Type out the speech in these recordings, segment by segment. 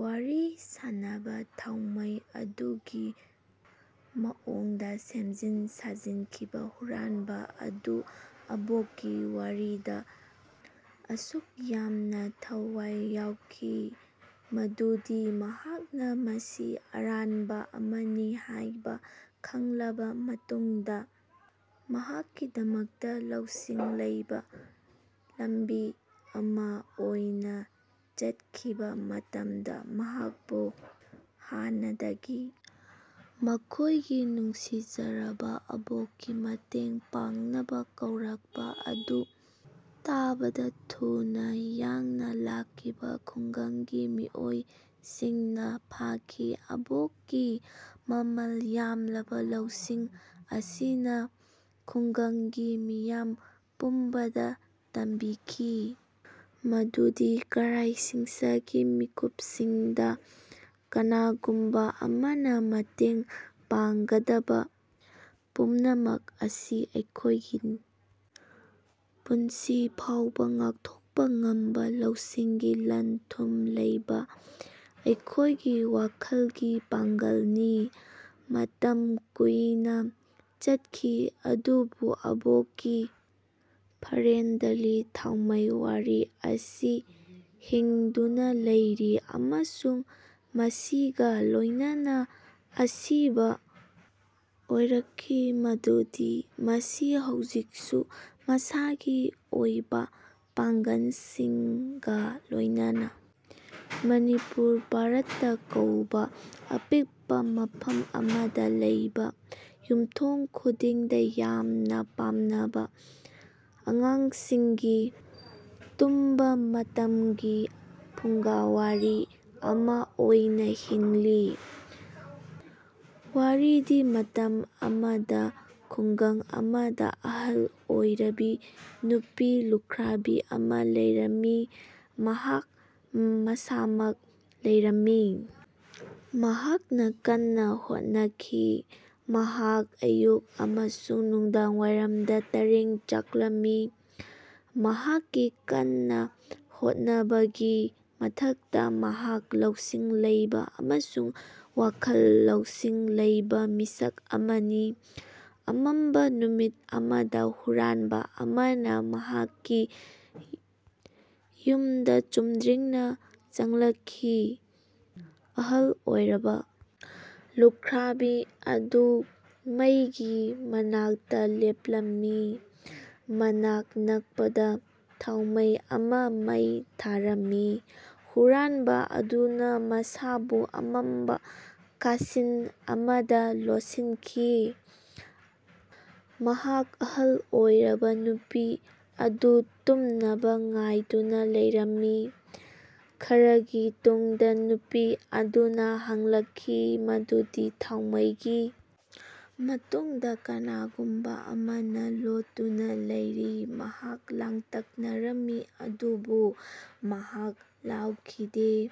ꯋꯥꯔꯤ ꯁꯥꯅꯕꯥ ꯊꯥꯎꯃꯩ ꯑꯗꯨꯒꯤ ꯃꯑꯣꯡꯗꯥ ꯁꯦꯝꯖꯤꯟ ꯁꯥꯖꯤꯟꯈꯤꯕꯥ ꯍꯨꯔꯥꯟꯕꯥ ꯑꯗꯨ ꯑꯕꯣꯛꯀꯤ ꯋꯥꯔꯤꯗꯥ ꯑꯁꯨꯛ ꯌꯥꯝꯅꯥ ꯊꯋꯥꯢ ꯌꯥꯎꯈꯤ ꯃꯗꯨꯗꯤ ꯃꯍꯥꯛꯅꯥ ꯃꯁꯤ ꯑꯔꯥꯟꯕꯥ ꯑꯃꯅꯤ ꯍꯥꯢꯕꯥ ꯈꯪꯂꯕꯥ ꯃꯇꯨꯡꯗꯥ ꯃꯍꯥꯛꯀꯤꯗꯃꯛꯇꯥ ꯂꯧꯁꯤꯡ ꯂꯩꯕꯥ ꯂꯝꯕꯤ ꯑꯃꯥ ꯑꯣꯏꯅꯥ ꯆꯠꯈꯤꯕꯥ ꯃꯇꯝꯗꯥ, ꯃꯍꯥꯛꯄꯨ ꯍꯥꯟꯅꯗꯒꯤ ꯃꯈꯣꯢꯒꯤ ꯅꯨꯡꯁꯤꯖꯔꯕꯥ ꯑꯕꯣꯛꯀꯤ ꯃꯇꯦꯡ ꯄꯥꯡꯅꯕꯥ ꯀꯧꯔꯛꯄꯥ ꯑꯗꯨ ꯇꯥꯕꯗꯥ ꯊꯨꯅꯥ ꯌꯥꯡꯅꯥ ꯂꯥꯛꯈꯤꯕꯥ ꯈꯨꯡꯒꯪꯒꯤ ꯃꯤꯑꯣꯏꯁꯤꯡꯅꯥ ꯐꯥꯈꯤ꯫ ꯑꯕꯣꯛꯀꯤ ꯃꯃꯜ ꯌꯥꯝꯂꯕꯥ ꯂꯧꯁꯤꯡ ꯑꯁꯤꯅꯥ ꯈꯨꯡꯒꯪꯒꯤ ꯃꯤꯌꯥꯝ ꯄꯨꯝꯕꯗꯥ ꯇꯝꯕꯤꯈꯤ ꯃꯗꯨꯗꯤ ꯀꯔꯥꯢꯁꯤꯡꯁꯒꯤ ꯃꯤꯀꯨꯞꯁꯤꯡꯗꯥ ꯀꯅꯥꯒꯨꯝꯕꯥ ꯑꯃꯅꯥ ꯃꯇꯦꯡ ꯄꯥꯡꯒꯗꯕꯥ ꯄꯨꯝꯅꯃꯛ ꯑꯁꯤ ꯑꯩꯈꯣꯢꯒꯤ ꯄꯨꯟꯁꯤ ꯐꯥꯎꯕꯥ ꯉꯥꯛꯊꯣꯛꯄꯥ ꯉꯝꯕꯥ ꯂꯧꯁꯤꯡꯒꯤ ꯂꯟ-ꯊꯨꯝ ꯂꯩꯕꯥ ꯑꯩꯈꯣꯢꯒꯤ ꯋꯥꯈꯜꯒꯤ ꯄꯥꯡꯒꯜꯅꯤ꯫ ꯃꯇꯝ ꯀꯨꯏꯅꯥ ꯆꯠꯈꯤ ꯑꯗꯨꯕꯨ ꯑꯕꯣꯛꯀꯤ ꯐꯔꯦꯟꯗꯂꯤ ꯊꯥꯎꯃꯩ ꯋꯥꯔꯤ ꯑꯁꯤ ꯍꯤꯡꯗꯨꯅꯥ ꯂꯩꯔꯤ ꯑꯃꯁꯨꯡ ꯃꯁꯤꯒꯥ ꯂꯣꯢꯅꯅꯥ ꯑꯁꯤꯕꯥ ꯑꯣꯏꯔꯛꯈꯤ ꯃꯗꯨꯗꯤ ꯃꯁꯤ ꯍꯧꯖꯤꯛꯁꯨ ꯃꯁꯥꯒꯤ ꯑꯣꯏꯕꯥ ꯄꯥꯡꯒꯟꯁꯤꯡꯒ ꯂꯣꯢꯅꯅꯥ ꯃꯅꯤꯄꯨꯔ (ꯚꯥꯔꯠꯇꯥ) ꯀꯧꯕꯥ ꯑꯄꯤꯛꯄꯥ ꯃꯐꯝ ꯑꯃꯗꯥ ꯂꯩꯕꯥ ꯌꯨꯝꯊꯣꯡ ꯈꯨꯗꯤꯡꯗꯥ ꯌꯥꯝꯅꯥ ꯄꯥꯝꯅꯕꯥ ꯑꯉꯥꯡꯁꯤꯡꯒꯤ ꯇꯨꯝꯕꯥ ꯃꯇꯝꯒꯤ ꯐꯨꯡꯒꯥ ꯋꯥꯔꯤ ꯑꯃꯥ ꯑꯣꯏꯅꯥ ꯍꯤꯡꯂꯤ꯫ ꯋꯥꯔꯤꯗꯤ, ꯃꯇꯝ ꯑꯃꯗ ꯈꯨꯡꯒꯪ ꯑꯃꯗ ꯑꯍꯜ ꯑꯣꯏꯔꯕꯤ ꯅꯨꯄꯤ ꯂꯨꯈ꯭ꯔꯥꯕꯤ ꯑꯃ ꯂꯩꯔꯝꯃꯤ꯫ ꯃꯍꯥꯛ ꯃꯁꯥꯃꯛ ꯂꯩꯔꯝꯃꯤ꯫ ꯃꯍꯥꯛꯅꯥ ꯀꯟꯅ ꯍꯣꯠꯅꯈꯤ꯫ ꯃꯍꯥꯛ ꯑꯌꯨꯛ ꯑꯃꯁꯨꯡ ꯅꯨꯡꯗꯥꯡꯋꯥꯏꯔꯝꯗ ꯇꯔꯦꯡ ꯆꯥꯛꯂꯝꯃꯤ꯫ ꯃꯍꯥꯛꯀꯤ ꯀꯟꯅꯥ ꯍꯣꯠꯅꯕꯒꯤ ꯃꯊꯛꯇꯥ ꯃꯍꯥꯛ ꯂꯧꯁꯤꯡ ꯂꯩꯕꯥ ꯑꯃꯁꯨꯡ ꯋꯥꯈꯜ ꯂꯧꯁꯤꯡ ꯂꯩꯕꯥ ꯃꯤꯁꯛ ꯑꯃꯅꯤ꯫ ꯑꯃꯝꯕꯥ ꯅꯨꯃꯤꯠ ꯑꯃꯗꯥ ꯍꯨꯔꯥꯟꯕꯥ ꯑꯃꯅꯥ ꯃꯍꯥꯛꯀꯤ ꯌꯨꯝꯗꯥ ꯆꯨꯝꯗ꯭ꯔꯤꯡꯅꯥ ꯆꯪꯂꯛꯈꯤ꯫ ꯑꯍꯜ ꯑꯣꯏꯔꯕꯥ ꯂꯨꯈ꯭ꯥꯔꯕꯤ ꯑꯗꯨ ꯃꯩꯒꯤ ꯃꯅꯥꯛꯇꯥ ꯂꯦꯞꯂꯝꯃꯤ꯫ ꯃꯅꯥꯛ ꯅꯛꯄꯗꯥ ꯊꯥꯎꯃꯩ ꯑꯃꯥ ꯃꯩ ꯊꯥꯔꯝꯃꯤ꯫ ꯍꯨꯔꯥꯟꯕꯥ ꯑꯗꯨꯅꯥ ꯃꯁꯥꯕꯨ ꯑꯃꯝꯕꯥ ꯀꯥꯁꯤꯟ ꯑꯃꯗꯥ ꯂꯣꯠꯁꯤꯟꯈꯤ꯫ ꯃꯍꯥꯛ ꯑꯍꯜ ꯑꯣꯏꯔꯕꯥ ꯅꯨꯄꯤ ꯑꯗꯨ ꯇꯨꯝꯅꯕꯥ ꯉꯥꯏꯗꯨꯅꯥ ꯂꯩꯔꯝꯃꯤ꯫ ꯈꯔꯥꯒꯤ ꯇꯨꯡꯗꯥ ꯅꯨꯄꯤ ꯑꯗꯨꯅꯥ ꯍꯪꯂꯛꯈꯤ ꯃꯗꯨꯗꯤ ꯊꯥꯎꯃꯩꯒꯤ ꯃꯇꯨꯡꯗꯥ ꯀꯅꯥꯒꯨꯝꯕꯥ ꯑꯃꯅꯥ ꯂꯣꯠꯇꯨꯅꯥ ꯂꯩꯔꯤ꯫ ꯃꯍꯥꯛ ꯂꯥꯡꯇꯛꯅꯔꯝꯃꯤ ꯑꯗꯨꯕꯨ ꯃꯍꯥꯛ ꯂꯥꯎꯈꯤꯗꯦ꯫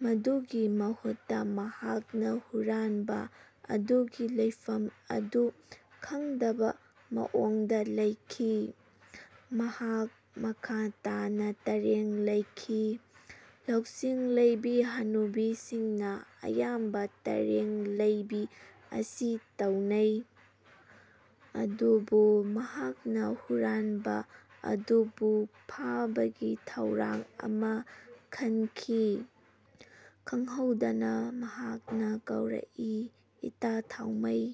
ꯃꯗꯨꯒꯤ ꯃꯍꯨꯠꯇꯥ, ꯃꯍꯥꯛꯅꯥ ꯍꯨꯔꯥꯟꯕꯥ ꯑꯗꯨꯒꯤ ꯂꯩꯐꯝ ꯑꯗꯨ ꯈꯪꯗꯕꯥ ꯃꯑꯣꯡꯗꯥ ꯂꯩꯈꯤ꯫ ꯃꯍꯥꯛ ꯃꯈꯥ ꯇꯥꯅꯥ ꯇꯔꯦꯡ ꯂꯩꯈꯤ꯫ ꯂꯧꯁꯤꯡ ꯂꯩꯕꯤ ꯍꯅꯨꯕꯤꯁꯤꯡꯅ ꯑꯌꯥꯝꯕ ꯇꯔꯦꯡ ꯂꯩꯕꯤ ꯑꯁꯤ ꯇꯧꯅꯩ꯫ ꯑꯗꯨꯕꯨ ꯃꯍꯥꯛꯅꯥ ꯍꯨꯔꯥꯟꯕꯥ ꯑꯗꯨꯕꯨ ꯐꯥꯕꯒꯤ ꯊꯧꯔꯥꯡ ꯑꯃꯥ ꯈꯟꯈꯤ꯫ ꯈꯪꯍꯧꯗꯅꯥ ꯃꯍꯥꯛꯅꯥ ꯀꯧꯔꯛꯏ, "ꯏꯇꯥ-ꯊꯥꯎꯃꯩ!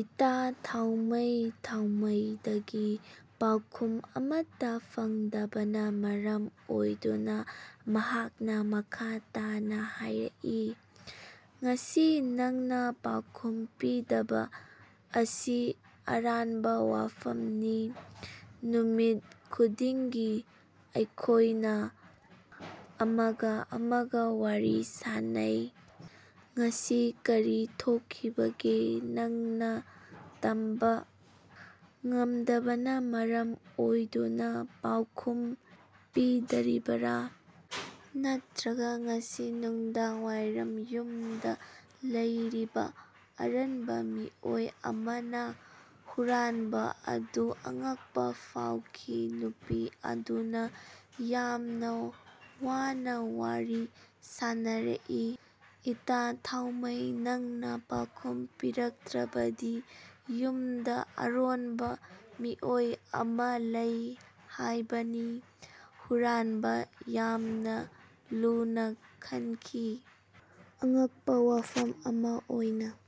ꯏꯇꯥ-ꯊꯥꯎꯃꯩ!" ꯊꯥꯎꯃꯩꯗꯒꯤ ꯄꯥꯎꯈꯨꯝ ꯑꯃꯠꯇꯥ ꯐꯪꯗꯕꯅꯥ ꯃꯔꯝ ꯑꯣꯏꯗꯨꯅꯥ ꯃꯍꯥꯛꯅꯥ ꯃꯈꯥ ꯇꯥꯅꯥ ꯍꯥꯢꯔꯛꯏ, "ꯉꯁꯤ ꯅꯪꯅꯥ ꯄꯥꯎꯈꯨꯝ ꯄꯤꯗꯕꯥ ꯑꯁꯤ ꯑꯔꯥꯟꯕꯥ ꯋꯥꯐꯝꯅꯤ꯫ ꯅꯨꯃꯤꯠ ꯈꯨꯗꯤꯡꯒꯤ ꯑꯩꯈꯣꯢꯅꯥ ꯑꯃꯒꯥ ꯑꯃꯒꯥ ꯋꯥꯔꯤ ꯁꯥꯅꯩ꯫ ꯉꯁꯤ ꯀꯔꯤ ꯊꯣꯛꯈꯤꯕꯒꯦ? ꯅꯪꯅꯥ ꯇꯝꯕꯥ ꯉꯝꯗꯕꯅꯥ ꯃꯔꯝ ꯑꯣꯏꯗꯨꯅꯥ ꯄꯥꯎꯈꯨꯝ ꯄꯤꯗꯔꯤꯕꯔꯥ? ꯅꯠꯇ꯭ꯔꯒ ꯉꯁꯤ ꯅꯨꯡꯗꯥꯡꯋꯥꯏꯔꯝ ꯌꯨꯝꯗꯥ ꯂꯩꯔꯤꯕꯥ ꯑꯔꯟꯕ ꯃꯤꯑꯣꯏ ꯑꯃꯥꯅ? ꯍꯨꯔꯥꯟꯕꯥ ꯑꯗꯨ ꯑꯉꯛꯄꯥ ꯐꯥꯎꯈꯤ꯫ ꯅꯨꯄꯤ ꯑꯗꯨꯅꯥ ꯌꯥꯝꯅꯥ ꯋꯥꯅꯥ ꯋꯥꯔꯤ ꯁꯥꯅꯔꯛꯏ, "ꯏꯇꯥ-ꯊꯥꯎꯃꯩ, ꯅꯪꯅꯥ ꯄꯥꯎꯈꯨꯝ ꯄꯤꯔꯛꯇ꯭ꯔꯕꯗꯤ ꯌꯨꯝꯗꯥ ꯑꯔꯣꯟꯕꯥ ꯃꯤꯑꯣꯏ ꯑꯃꯥ ꯂꯩ ꯍꯥꯢꯕꯅꯤ꯫ ꯍꯨꯔꯥꯟꯕ ꯌꯥꯝꯅꯥ ꯂꯨꯅꯥ ꯈꯟꯈꯤ, "ꯑꯉꯛꯄꯥ ꯋꯥꯐꯝ ꯑꯃꯥ ꯑꯣꯢꯅ"꯫